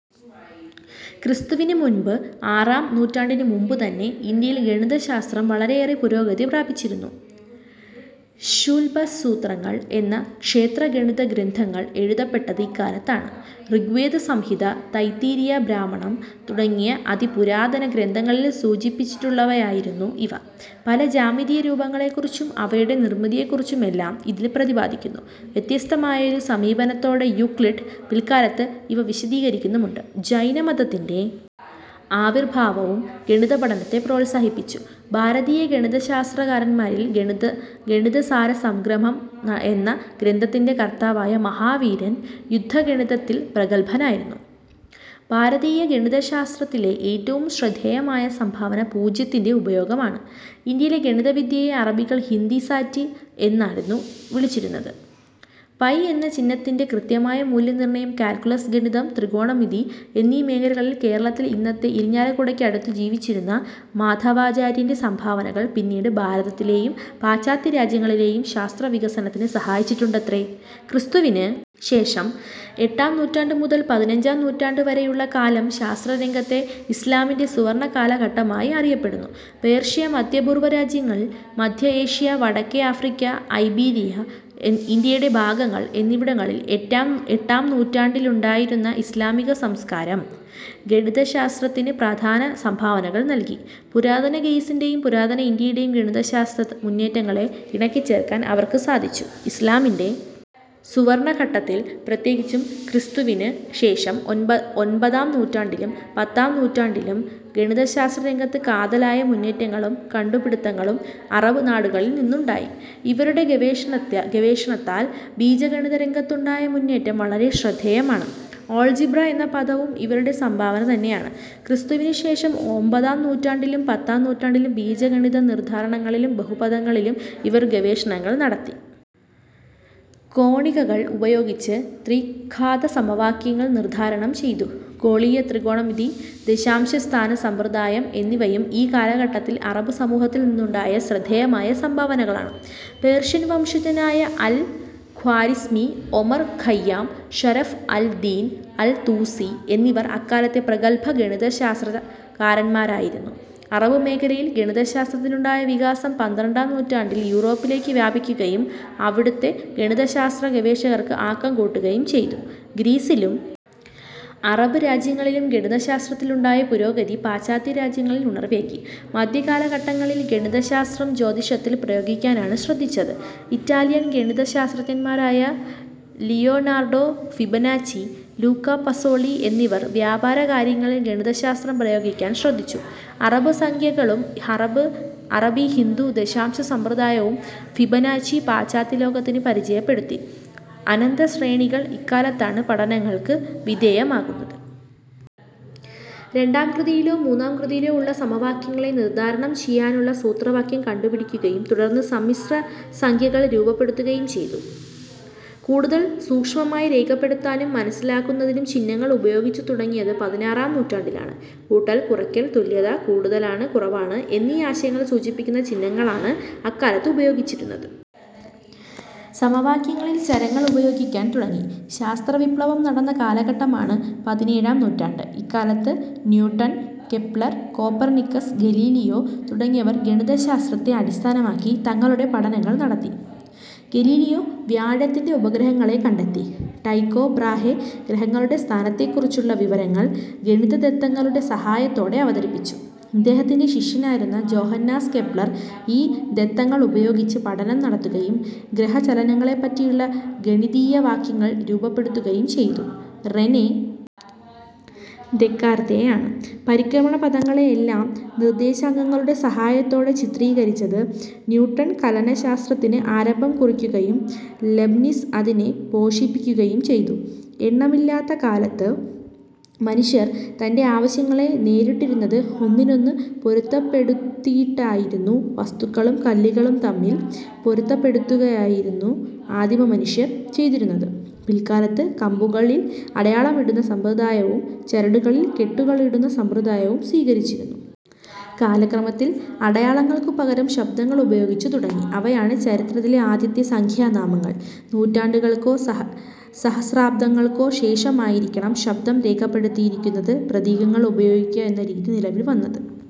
ക്രിസ്തുവിനു മുമ്പ് ആറാം നൂറ്റാണ്ടിനു മുൻപുതന്നെ ഇന്ത്യയിൽ ഗണിതശാസ്ത്രം വളരെയേറെ പുരോഗതി പ്രാപിച്ചിരുന്നു. ശുല്ബസൂത്രങ്ങൾ എന്ന ക്ഷേത്രഗണിത ഗ്രന്ഥങ്ങൾ എഴുതപ്പെട്ടത് ഇക്കാലത്താണ്. ഋഗ്വേദസംഹിത, തൈത്തിരീയ ബ്രാഹ്മണം തുടങ്ങിയ അതിപുരാതന ഗ്രന്ഥങ്ങളിൽ സൂചിപ്പിച്ചിട്ടുള്ളവയായിരുന്നു ഇവ. പല ജ്യാമിതീയ രൂപങ്ങളെക്കുറിച്ചും അവയുടെ നിർമ്മിതിയെക്കുറിച്ചുമെല്ലാം ഇതിൽ പ്രതിപാദിക്കുന്നു. വ്യത്യസ്തമായൊരു സമീപനത്തോടെ യൂക്ലിഡ് പിൽക്കാലത്ത് ഇവ വിശദീകരിക്കുന്നുണ്ട്. ജൈനമതത്തിൻ്റെ ആവിർഭാവവും ഗണിതപഠനത്തെ പ്രോത്സാഹിപ്പിച്ചു. ഭാരതീയ ഗണിതശാസ്ത്രകാരന്മാരിൽ ഗണിതസാരസംഗ്രഹം എന്ന ഗ്രന്ഥത്തിൻ്റെ കർത്താവായ മഹാവീരൻ ശുദ്ധഗണിതത്തിൽ പ്രഗൽഭനായിരുന്നു. ഭാരതീയ ഗണിതശാസ്ത്രത്തിലെ ഏറ്റവും ശ്രദ്ധേയമായ സംഭാവന പൂജ്യത്തിൻ്റെ ഉപയോഗമാണ്. ഇന്ത്യയിലെ ഗണിതവിദ്യയെ അറബികൾ ഹിന്ദിസാറ്റ് എന്നായിരുന്നു വിളിച്ചിരുന്നത്.പൈ എന്ന ചിഹ്നത്തിൻ്റെ കൃത്യമായ മൂല്യനിർണയം, കാൽക്കുലസ്, ഗണിതം, ത്രികോണമിതി എന്നീ മേഖലകളിൽ കേരളത്തിൽ ഇന്നത്തെ ഇരിഞ്ഞാലക്കുടയ്ക്ക് അടുത്ത് ജീവിച്ചിരുന്ന മാധവാചാര്യൻ്റെ സംഭാവനകൾ പിന്നീട് ഭാരതത്തിലെയും പാശ്ചാത്യരാജ്യങ്ങളിലെയും ശാസ്ത്രവികസനത്തിന് സഹായിച്ചിട്ടുണ്ടത്രേ. ക്രിസ്തുവിന് ശേഷം എട്ടാം നൂറ്റാണ്ട് മുതൽ പതിനഞ്ചാം നൂറ്റാണ്ട് വരെയുള്ള കാലം ശാസ്ത്രരംഗത്തെ ഇസ്ലാമിൻ്റെ സുവർണകാലഘട്ടമായി അറിയപ്പെടുന്നു. പേർഷ്യ, മധ്യപൂർവ രാജ്യങ്ങൾ, മധ്യ ഏഷ്യ, വടക്കേ ആഫ്രിക്ക, ഐബീരിയ, ഇന്ത്യയുടെ ഭാഗങ്ങൾ എന്നിവിടങ്ങളിൽ എട്ടാം നൂറ്റാണ്ടിലുണ്ടായിരുന്ന ഇസ്ലാമിക സംസ്കാരം ഗണിതശാസ്ത്രത്തിന് പ്രധാന സംഭാവനകൾ നൽകി. പുരാതന ഗ്രീസിൻ്റെ യും പുരാതന ഇന്ത്യയുടെയും ഗണിതശാസ്ത്ര മുന്നേറ്റങ്ങളെ ഇണക്കിച്ചേർക്കാൻ അവർക്ക് സാധിച്ചു. ഇസ്ലാമിൻ്റെ സുവർണകാലഘട്ടത്തിൽ, പ്രത്യേകിച്ചും ക്രിസ്തുവിന് ശേഷം ഒമ്പതാം നൂറ്റാണ്ടിലും പത്താം നൂറ്റാണ്ടിലും, ഗണിതശാസ്ത്രരംഗത്ത് കാതലായ മുന്നേറ്റങ്ങളും കണ്ടുപിടിത്തങ്ങളും അറബ് നാടുകളിൽ നിന്നുണ്ടായി. ഇവരുടെ ഗവേഷണത്താൽ ബീജഗണിതരംഗത്തുണ്ടായ മുന്നേറ്റം വളരെ ശ്രദ്ധേയമാണ്. ആൾജിബ്ര എന്ന പദവും ഇവരുടെ സംഭാവനയാണ്. ക്രിസ്തുവിന് ശേഷം ഒമ്പതാം നൂറ്റാണ്ടിലും പത്താം നൂറ്റാണ്ടിലും ബീജഗണിത നിർധാരണങ്ങളിലും ബഹുപദങ്ങളിലും ഇവർ ഗവേഷണങ്ങൾ നടത്തി. കോണികങ്ങൾ ഉപയോഗിച്ച് ത്രിഘാതസമവാക്യങ്ങൾ നിർധാരണം ചെയ്തു. ഗോളീയ ത്രികോണമിതി, ദശാംശ സ്ഥാനസമ്പ്രദായം എന്നിവയും ഈ കാലഘട്ടത്തിൽ അറബ് സമൂഹത്തിൽ നിന്നുണ്ടായ ശ്രദ്ധേയമായ സംഭാവനകളാണ്. പേർഷ്യൻ വംശജനായ Al Khwarizmi, Omar Khayyam, Sharaf al Din al Tusi എന്നിവർ അക്കാലത്തെ പ്രഗൽഭ ഗണിതശാസ്ത്രകാരന്മാരായിരുന്നു. അറബ് മേഖലയിൽ ഗണിതശാസ്ത്രത്തിനുണ്ടായ വികാസം പന്ത്രണ്ടാം നൂറ്റാണ്ടിൽ യൂറോപ്പിലേക്ക് വ്യാപിക്കുകയും അവിടത്തെ ഗണിതശാസ്ത്ര ഗവേഷണങ്ങൾക്ക് ആക്കം കൂട്ടുകയും ചെയ്തു. ഗ്രീസിലും അറബ് രാജ്യങ്ങളിലും ഗണിതശാസ്ത്രത്തിൽ ഉണ്ടായ പുരോഗതി പാശ്ചാത്യരാജ്യങ്ങളിൽ ഉണർവേകി. മധ്യകാലഘട്ടങ്ങളിൽ ഗണിതശാസ്ത്രം ജ്യോതിഷത്തിൽ പ്രയോഗിക്കാനാണ് ശ്രദ്ധിച്ചത്. ഇറ്റാലിയൻ ഗണിതശാസ്ത്രജ്ഞന്മാരായ ലിയോനാർഡോ ഫിബനാച്ചി, ലൂക്ക പസോളി എന്നിവർ വ്യാപാരകാര്യങ്ങളിൽ ഗണിതശാസ്ത്രം പ്രയോഗിക്കാൻ ശ്രദ്ധിച്ചു. അറബിക് സംഖ്യകളും അറബി ഹിന്ദു ദശാംശസമ്പ്രദായവും ഫിബനാച്ചി പാശ്ചാത്യലോകത്തിന് പരിചയപ്പെടുത്തി. അനന്തശ്രേണികൾ ഇക്കാലത്താണ് പഠനങ്ങൾക്ക് വിധേയമാകുന്നത്. രണ്ടാം കൃതിയിലോ മൂന്നാം കൃതിയിലോ ഉള്ള സമവാക്യങ്ങളെ നിർധാരണം ചെയ്യാനുള്ള സൂത്രവാക്യം കണ്ടുപിടിക്കുകയും തുടർന്ന് സമ്മിശ്രസംഖ്യകൾ രൂപപ്പെടുത്തുകയും ചെയ്തു. കൂടുതൽ സൂക്ഷ്മമായി രേഖപ്പെടുത്താനും മനസ്സിലാക്കുന്നതിനും ചിഹ്നങ്ങൾ ഉപയോഗിച്ചുതുടങ്ങിയത് പതിനാറാം നൂറ്റാണ്ടിലാണ്. കൂട്ടൽ, കുറയ്ക്കൽ, തുല്യത, കൂടുതലാണ്, കുറവാണ് എന്നീ ആശയങ്ങൾ സൂചിപ്പിക്കുന്ന ചിഹ്നങ്ങളാണ് അക്കാലത്ത് ഉപയോഗിച്ചിരുന്നത്. സമവാക്യങ്ങളിൽ ചരങ്ങൾ ഉപയോഗിക്കാൻ തുടങ്ങി. ശാസ്ത്രവിപ്ലവം നടന്ന കാലഘട്ടമാണ് പതിനേഴാം നൂറ്റാണ്ട്. ഇക്കാലത്ത് ന്യൂട്ടൺ, കെപ്ലർ, കോപ്പർനിക്കസ്, ഗലീലിയോ തുടങ്ങിയവർ ഗണിതശാസ്ത്രത്തെ അടിസ്ഥാനമാക്കി തങ്ങളുടെ പഠനങ്ങൾ നടത്തി. ഗലീലിയോ വ്യാഴത്തിൻ്റെ ഉപഗ്രഹങ്ങളെ കണ്ടെത്തി. ടൈക്കോ ബ്രാഹെ ഗ്രഹങ്ങളുടെ സ്ഥാനത്തെക്കുറിച്ചുള്ള വിവരങ്ങൾ ഗണിതദത്തങ്ങളുടെ സഹായത്തോടെ അവതരിപ്പിച്ചു. ഇദ്ദേഹത്തിൻ്റെ ശിഷ്യനായിരുന്ന ജോഹന്നാസ് കെപ്ലർ ഈ ദത്തങ്ങളുപയോഗിച്ച് പഠനം നടത്തുകയും ഗ്രഹചലനങ്ങളെപ്പറ്റിയുള്ള ഗണിതീയവാക്യങ്ങൾ രൂപപ്പെടുത്തുകയും ചെയ്തു.റെനെ ദെക്കാർത്തേയാണ് പരിക്രമണപഥങ്ങളെയെല്ലാം നിർദ്ദേശാങ്കങ്ങളുടെ സഹായത്തോടെ ചിത്രീകരിച്ചത്. ന്യൂട്ടൺ കലനശാസ്ത്രത്തിന് ആരംഭം കുറിക്കുകയും ലെബ്നിസ് അതിനെ പോഷിപ്പിക്കുകയും ചെയ്തു. എണ്ണമില്ലാത്ത കാലത്ത് മനുഷ്യൻ തൻ്റെ ആവശ്യങ്ങളെ നേരിട്ടിരുന്നത് ഒന്നിനൊന്ന് പൊരുത്തപ്പെടുത്തിയിട്ടായിരുന്നു. വസ്തുക്കളും കല്ലുകളും തമ്മിൽ പൊരുത്തപ്പെടുത്തുകയായിരുന്നു ആദിമ മനുഷ്യർ ചെയ്തിരുന്നത്. പിൽക്കാലത്ത് കമ്പുകളിൽ അടയാളമിടുന്ന സമ്പ്രദായവും ചരടുകളിൽ കെട്ടുകളിടുന്ന സമ്പ്രദായവും സ്വീകരിച്ചിരുന്നു. കാലക്രമത്തിൽ അടയാളങ്ങൾക്കു പകരം ശബ്ദങ്ങളുപയോഗിച്ചു തുടങ്ങി. അവയാണ് ചരിത്രത്തിലെ ആദ്യത്തെ സംഖ്യാനാമങ്ങൾ. നൂറ്റാണ്ടുകൾക്കോ സഹസ്രാബ്ദങ്ങൾക്കോ ശേഷമായിരിക്കണം ശബ്ദം രേഖപ്പെടുത്തുന്നതിന് പ്രതീകങ്ങൾ ഉപയോഗിക്കുക എന്ന രീതി നിലവിൽ വന്നത്.